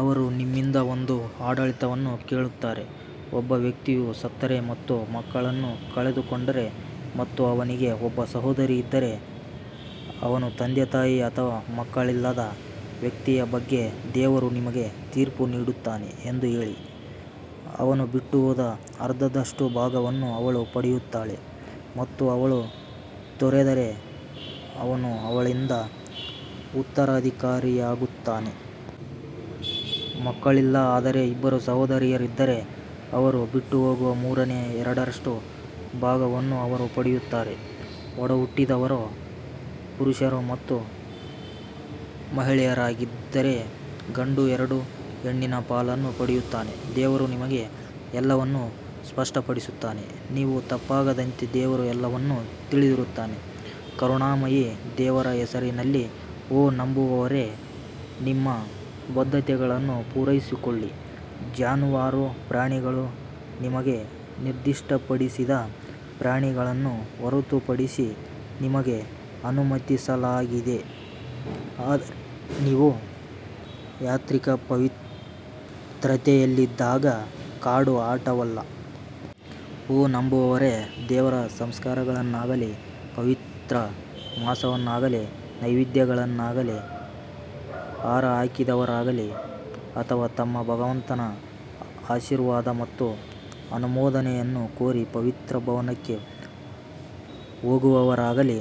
ಅವರು ನಿಮ್ಮಿಂದ ಒಂದು ಆಡಳಿತವನ್ನು ಕೇಳುತ್ತಾರೆ, ಒಬ್ಬ ವ್ಯಕ್ತಿಯು ಸತ್ತರೆ ಮತ್ತು ಮಕ್ಕಳನ್ನು ಕಳೆದುಕೊಂಡರೆ ಮತ್ತು ಅವನಿಗೆ ಒಬ್ಬ ಸಹೋದರಿ ಇದ್ದರೆ ಅವನು ತಂದೆತಾಯಿ ಅಥವಾ ಮಕ್ಕಳಿಲ್ಲದ ವ್ಯಕ್ತಿಯ ಬಗ್ಗೆ ದೇವರು ನಿಮಗೆ ತೀರ್ಪು ನೀಡುತ್ತಾನೆ ಎಂದು ಹೇಳಿ, ಅವನು ಬಿಟ್ಟುಹೋದ ಅರ್ಧದಷ್ಟು ಭಾಗವನ್ನು ಅವಳು ಪಡೆಯುತ್ತಾಳೆ ಮತ್ತು ಅವಳು ತೊರೆದರೆ ಅವನು ಅವಳಿಂದ ಉತ್ತರಾಧಿಕಾರಿಯಾಗುತ್ತಾನೆ. ಮಕ್ಕಳಿಲ್ಲ ಆದರೆ ಇಬ್ಬರು ಸಹೋದರಿಯರಿದ್ದರೆ ಅವರು ಬಿಟ್ಟುಹೋಗುವ ಮೂರನೇ ಎರಡರಷ್ಟು ಭಾಗವನ್ನು ಅವರು ಪಡೆಯುತ್ತಾರೆ, ಒಡಹುಟ್ಟಿದವರು ಪುರುಷರು ಮತ್ತು ಮಹಿಳೆಯರಾಗಿದ್ದರೆ ಗಂಡು ಎರಡು ಹೆಣ್ಣಿನ ಪಾಲನ್ನು ಪಡೆಯುತ್ತಾನೆ ದೇವರು ನಿಮಗೆ ಎಲ್ಲವನ್ನೂ ಸ್ಪಷ್ಟಪಡಿಸುತ್ತಾನೆ ನೀವು ತಪ್ಪಾಗದಂತೆ ದೇವರು ಎಲ್ಲವನ್ನೂ ತಿಳಿದಿರುತ್ತಾನೆ ಕರುಣಾಮಯಿ ದೇವರ ಹೆಸರಿನಲ್ಲಿ ಓ ನಂಬುವವರೇ, ನಿಮ್ಮ ಬದ್ಧತೆಗಳನ್ನು ಪೂರೈಸಿಕೊಳ್ಳಿ ಜಾನುವಾರು ಪ್ರಾಣಿಗಳು ನಿಮಗೆ ನಿರ್ದಿಷ್ಟಪಡಿಸಿದ ಪ್ರಾಣಿಗಳನ್ನು ಹೊರತುಪಡಿಸಿ ನಿಮಗೆ ಅನುಮತಿಸಲಾಗಿದೆ ಆದರೆ ನೀವು ಯಾತ್ರಿಕ ಪವಿತ್ರತೆಯಲ್ಲಿದ್ದಾಗ ಕಾಡು ಆಟವಲ್ಲ. ಓ ನಂಬುವವರೇ, ದೇವರ ಸಂಸ್ಕಾರಗಳನ್ನಾಗಲೀ, ಪವಿತ್ರ ಮಾಸವನ್ನಾಗಲೀ, ನೈವೇದ್ಯಗಳನ್ನಾಗಲೀ, ಹಾರ ಹಾಕಿದವರಾಗಲೀ ಅಥವಾ ತಮ್ಮ ಭಗವಂತನ ಆಶೀರ್ವಾದ ಮತ್ತು ಅನುಮೋದನೆಯನ್ನು ಕೋರಿ ಪವಿತ್ರ ಭವನಕ್ಕೆ ಹೋಗುವವರಾಗಲೀ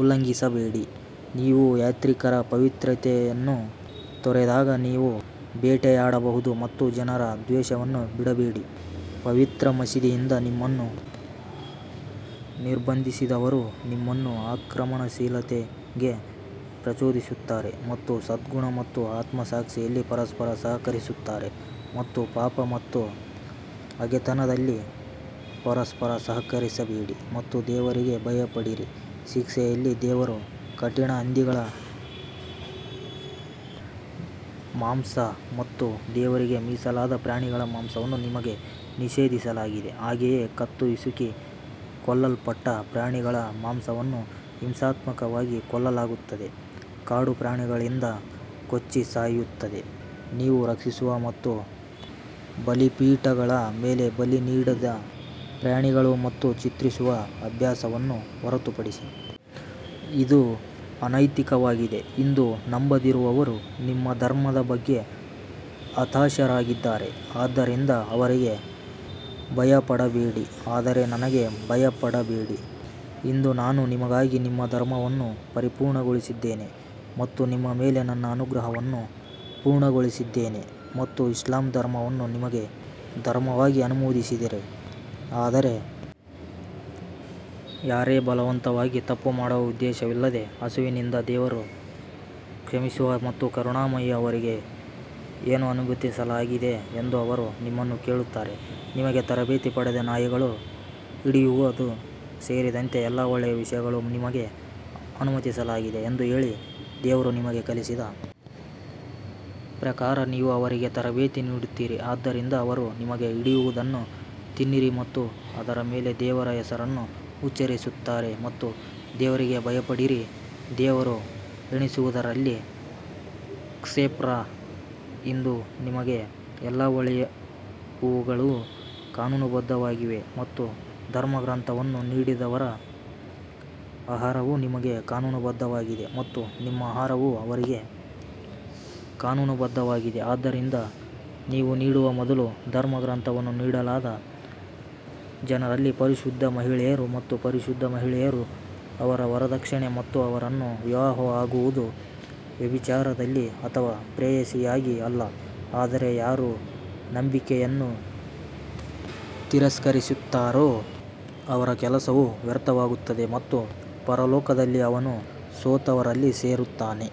ಉಲ್ಲಂಘಿಸಬೇಡಿ, ನೀವು ಯಾತ್ರಿಕರ ಪವಿತ್ರತೆಯನ್ನು ತೊರೆದಾಗ ನೀವು ಬೇಟೆಯಾಡಬಹುದು ಮತ್ತು ಜನರ ದ್ವೇಷವನ್ನು ಬಿಡಬೇಡಿ. ಪವಿತ್ರ ಮಸೀದಿಯಿಂದ ನಿಮ್ಮನ್ನು ನಿರ್ಬಂಧಿಸಿದವರು ನಿಮ್ಮನ್ನು ಆಕ್ರಮಣಶೀಲತೆಗೆ ಪ್ರಚೋದಿಸುತ್ತಾರೆ ಮತ್ತು ಸದ್ಗುಣ ಮತ್ತು ಆತ್ಮಸಾಕ್ಷಿಯಲ್ಲಿ ಪರಸ್ಪರ ಸಹಕರಿಸುತ್ತಾರೆ ಮತ್ತು ಪಾಪ ಮತ್ತು ಹಗೆತನದಲ್ಲಿ ಪರಸ್ಪರ ಸಹಕರಿಸಬೇಡಿ ಮತ್ತು ದೇವರಿಗೆ ಭಯಪಡಿರಿ ಶಿಕ್ಷೆಯಲ್ಲಿ ದೇವರು ಕಠಿಣ ಹಂದಿಗಳ ಮಾಂಸ ಮತ್ತು ದೇವರಿಗೆ ಮೀಸಲಾದ ಪ್ರಾಣಿಗಳ ಮಾಂಸವನ್ನು ನಿಮಗೆ ನಿಷೇಧಿಸಲಾಗಿದೆ, ಹಾಗೆಯೇ ಕತ್ತು ಹಿಸುಕಿ ಕೊಲ್ಲಲ್ಪಟ್ಟ ಪ್ರಾಣಿಗಳ ಮಾಂಸವನ್ನು ಹಿಂಸಾತ್ಮಕವಾಗಿ ಕೊಲ್ಲಲಾಗುತ್ತದೆ, ಕಾಡು ಪ್ರಾಣಿಗಳಿಂದ ಕೊಚ್ಚಿ ಸಾಯುತ್ತದೆ, ನೀವು ರಕ್ಷಿಸುವ ಮತ್ತು ಬಲಿಪೀಠಗಳ ಮೇಲೆ ಬಲಿ ನೀಡಿದ ಪ್ರಾಣಿಗಳು ಮತ್ತು ಚಿತ್ರಿಸುವ ಅಭ್ಯಾಸವನ್ನು ಹೊರತುಪಡಿಸಿ. ಇದು ಅನೈತಿಕವಾಗಿದೆ ಇಂದು ನಂಬದಿರುವವರು ನಿಮ್ಮ ಧರ್ಮದ ಬಗ್ಗೆ ಹತಾಶರಾಗಿದ್ದಾರೆ ಆದ್ದರಿಂದ ಅವರಿಗೆ ಭಯಪಡಬೇಡಿ ಆದರೆ ನನಗೆ ಭಯಪಡಬೇಡಿ ಇಂದು ನಾನು ನಿಮಗಾಗಿ ನಿಮ್ಮ ಧರ್ಮವನ್ನು ಪರಿಪೂರ್ಣಗೊಳಿಸಿದ್ದೇನೆ ಮತ್ತು ನಿಮ್ಮ ಮೇಲೆ ನನ್ನ ಅನುಗ್ರಹವನ್ನು ಪೂರ್ಣಗೊಳಿಸಿದ್ದೇನೆ ಮತ್ತು ಇಸ್ಲಾಂ ಧರ್ಮವನ್ನು ನಿಮಗೆ ಧರ್ಮವಾಗಿ ಅನುಮೋದಿಸಿದೆ ಆದರೆ ಯಾರೇ ಬಲವಂತವಾಗಿ ತಪ್ಪು ಮಾಡುವ ಉದ್ದೇಶವಿಲ್ಲದೆ ಹಸಿವಿನಿಂದ ದೇವರು ಕ್ಷಮಿಸುವ ಮತ್ತು ಕರುಣಾಮಯಿ ಅವರಿಗೆ ಏನು ಅನುಮತಿಸಲಾಗಿದೆ ಎಂದು ಅವರು ನಿಮ್ಮನ್ನು ಕೇಳುತ್ತಾರೆ, ನಿಮಗೆ ತರಬೇತಿ ಪಡೆದ ನಾಯಿಗಳು ಹಿಡಿಯುವುದು ಸೇರಿದಂತೆ ಎಲ್ಲಾ ಒಳ್ಳೆಯ ವಿಷಯಗಳು ನಿಮಗೆ ಅನುಮತಿಸಲಾಗಿದೆ ಎಂದು ಹೇಳಿ, ದೇವರು ನಿಮಗೆ ಕಲಿಸಿದ ಪ್ರಕಾರ ನೀವು ಅವರಿಗೆ ತರಬೇತಿ ನೀಡುತ್ತೀರಿ ಆದ್ದರಿಂದ ಅವರು ನಿಮಗೆ ಹಿಡಿಯುವದನ್ನು ತಿನ್ನಿರಿ ಮತ್ತು ಅದರ ಮೇಲೆ ದೇವರ ಹೆಸರನ್ನು ಉಚ್ಚರಿಸುತ್ತಾರೆ ಮತ್ತು ದೇವರಿಗೆ ಭಯಪಡಿರಿ ದೇವರು ಎಣಿಸುವುದರಲ್ಲಿ ಕ್ಷಿಪ್ರ ಇಂದು ನಿಮಗೆ ಎಲ್ಲಾ ಒಳ್ಳೆಯವುಗಳು ಕಾನೂನುಬದ್ಧವಾಗಿವೆ ಮತ್ತು ಧರ್ಮಗ್ರಂಥವನ್ನು ನೀಡಿದವರ ಆಹಾರವು ನಿಮಗೆ ಕಾನೂನುಬದ್ಧವಾಗಿದೆ ಮತ್ತು ನಿಮ್ಮ ಆಹಾರವು ಅವರಿಗೆ ಕಾನೂನುಬದ್ಧವಾಗಿದೆ ಆದ್ದರಿಂದ ನೀವು ನೀಡುವ ಮೊದಲು ಧರ್ಮಗ್ರಂಥವನ್ನು ನೀಡಲಾದ ಜನರಲ್ಲಿ ಪರಿಶುದ್ಧ ಮಹಿಳೆಯರು ಮತ್ತು ಪರಿಶುದ್ಧ ಮಹಿಳೆಯರು ಅವರ ವರದಕ್ಷಿಣೆ ಮತ್ತು ಅವರನ್ನು ವಿವಾಹವಾಗುವುದು ವ್ಯಭಿಚಾರದಲ್ಲಿ ಅಥವಾ ಪ್ರೇಯಸಿಯಾಗಿ ಅಲ್ಲ ಆದರೆ ಯಾರು ನಂಬಿಕೆಯನ್ನು ತಿರಸ್ಕರಿಸುತ್ತಾರೋ ಅವರ ಕೆಲಸವು ವ್ಯರ್ಥವಾಗುತ್ತದೆ ಮತ್ತು ಪರಲೋಕದಲ್ಲಿ ಅವನು ಸೋತವರಲ್ಲಿ ಸೇರುತ್ತಾನೆ.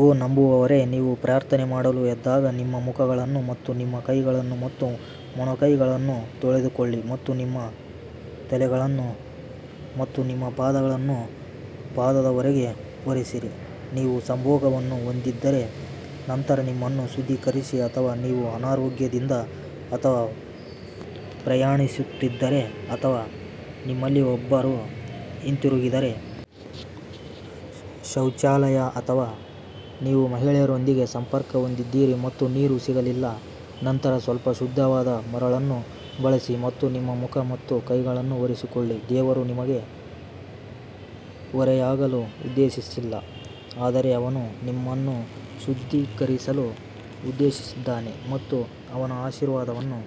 ಓ ನಂಬುವವರೇ, ನೀವು ಪ್ರಾರ್ಥನೆ ಮಾಡಲು ಎದ್ದಾಗ ನಿಮ್ಮ ಮುಖಗಳನ್ನು ಮತ್ತು ನಿಮ್ಮ ಕೈಗಳನ್ನು ಮತ್ತು ಮೊಣಕೈಗಳನ್ನು ತೊಳೆದುಕೊಳ್ಳಿ ಮತ್ತು ನಿಮ್ಮ ತಲೆಗಳನ್ನು ಮತ್ತು ನಿಮ್ಮ ಪಾದಗಳನ್ನು ಪಾದದವರೆಗೆ ಒರೆಸಿರಿ, ನೀವು ಸಂಭೋಗವನ್ನು ಹೊಂದಿದ್ದರೆ ನಂತರ ನಿಮ್ಮನ್ನು ಶುದ್ಧೀಕರಿಸಿ ಅಥವಾ ನೀವು ಅನಾರೋಗ್ಯದಿಂದ ಅಥವಾ ಪ್ರಯಾಣಿಸುತ್ತಿದ್ದರೆ ಅಥವಾ ನಿಮ್ಮಲ್ಲಿ ಒಬ್ಬರು ಹಿಂತಿರುಗಿದರೆ. ಶೌಚಾಲಯ ಅಥವಾ ನೀವು ಮಹಿಳೆಯರೊಂದಿಗೆ ಸಂಪರ್ಕ ಹೊಂದಿದ್ದೀರಿ ಮತ್ತು ನೀರು ಸಿಗಲಿಲ್ಲ ನಂತರ ಸ್ವಲ್ಪ ಶುದ್ಧವಾದ ಮರಳನ್ನು ಬಳಸಿ ಮತ್ತು ನಿಮ್ಮ ಮುಖ ಮತ್ತು ಕೈಗಳನ್ನು ಒರೆಸಿಕೊಳ್ಳಿ ದೇವರು ನಿಮಗೆ ಹೊರೆಯಾಗಲು ಉದ್ದೇಶಿಸಿಲ್ಲ ಆದರೆ ಅವನು ನಿಮ್ಮನ್ನು ಶುದ್ಧೀಕರಿಸಲು ಉದ್ದೇಶಿಸಿದ್ದಾನೆ ಮತ್ತು ಅವನ ಆಶೀರ್ವಾದವನ್ನು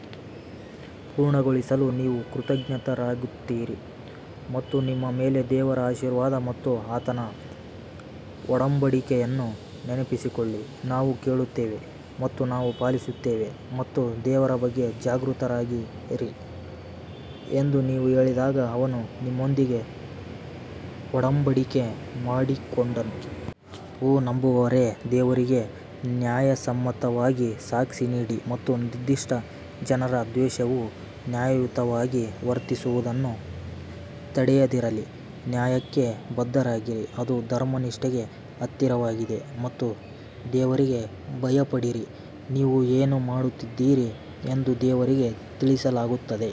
ಪೂರ್ಣಗೊಳಿಸಲು ನೀವು ಕೃತಜ್ಞರಾಗಿರುತ್ತೀರಿ ಮತ್ತು ನಿಮ್ಮ ಮೇಲೆ ದೇವರ ಆಶೀರ್ವಾದ ಮತ್ತು ಆತನ ಒಡಂಬಡಿಕೆಯನ್ನು ನೆನಪಿಸಿಕೊಳ್ಳಿ, ನಾವು ಕೇಳುತ್ತೇವೆ ಮತ್ತು ನಾವು ಪಾಲಿಸುತ್ತೇವೆ ಮತ್ತು ದೇವರ ಬಗ್ಗೆ ಜಾಗೃತರಾಗಿರಿ ಎಂದು ನೀವು ಹೇಳಿದಾಗ ಅವನು ನಿಮ್ಮೊಂದಿಗೆ ಒಡಂಬಡಿಕೆ ಮಾಡಿಕೊಂಡನು. ಓ ನಂಬುವವರೇ, ದೇವರಿಗೆ ನ್ಯಾಯಸಮ್ಮತವಾಗಿ ಸಾಕ್ಷಿನೀಡಿ ಮತ್ತು ನಿರ್ದಿಷ್ಟ ಜನರ ದ್ವೇಷವು ನ್ಯಾಯಯುತವಾಗಿ ವರ್ತಿಸುವುದನ್ನು ತಡೆಯದಿರಲಿ, ನ್ಯಾಯಕ್ಕೆ ಬದ್ಧರಾಗಿರಿ ಅದು ಧರ್ಮನಿಷ್ಠೆಗೆ ಹತ್ತಿರವಾಗಿದೆ ಮತ್ತು ದೇವರಿಗೆ ಭಯಪಡಿರಿ ನೀವು ಏನು ಮಾಡುತ್ತಿದ್ದೀರಿ ಎಂದು ದೇವರಿಗೆ ತಿಳಿಸಲಾಗುತ್ತದೆ.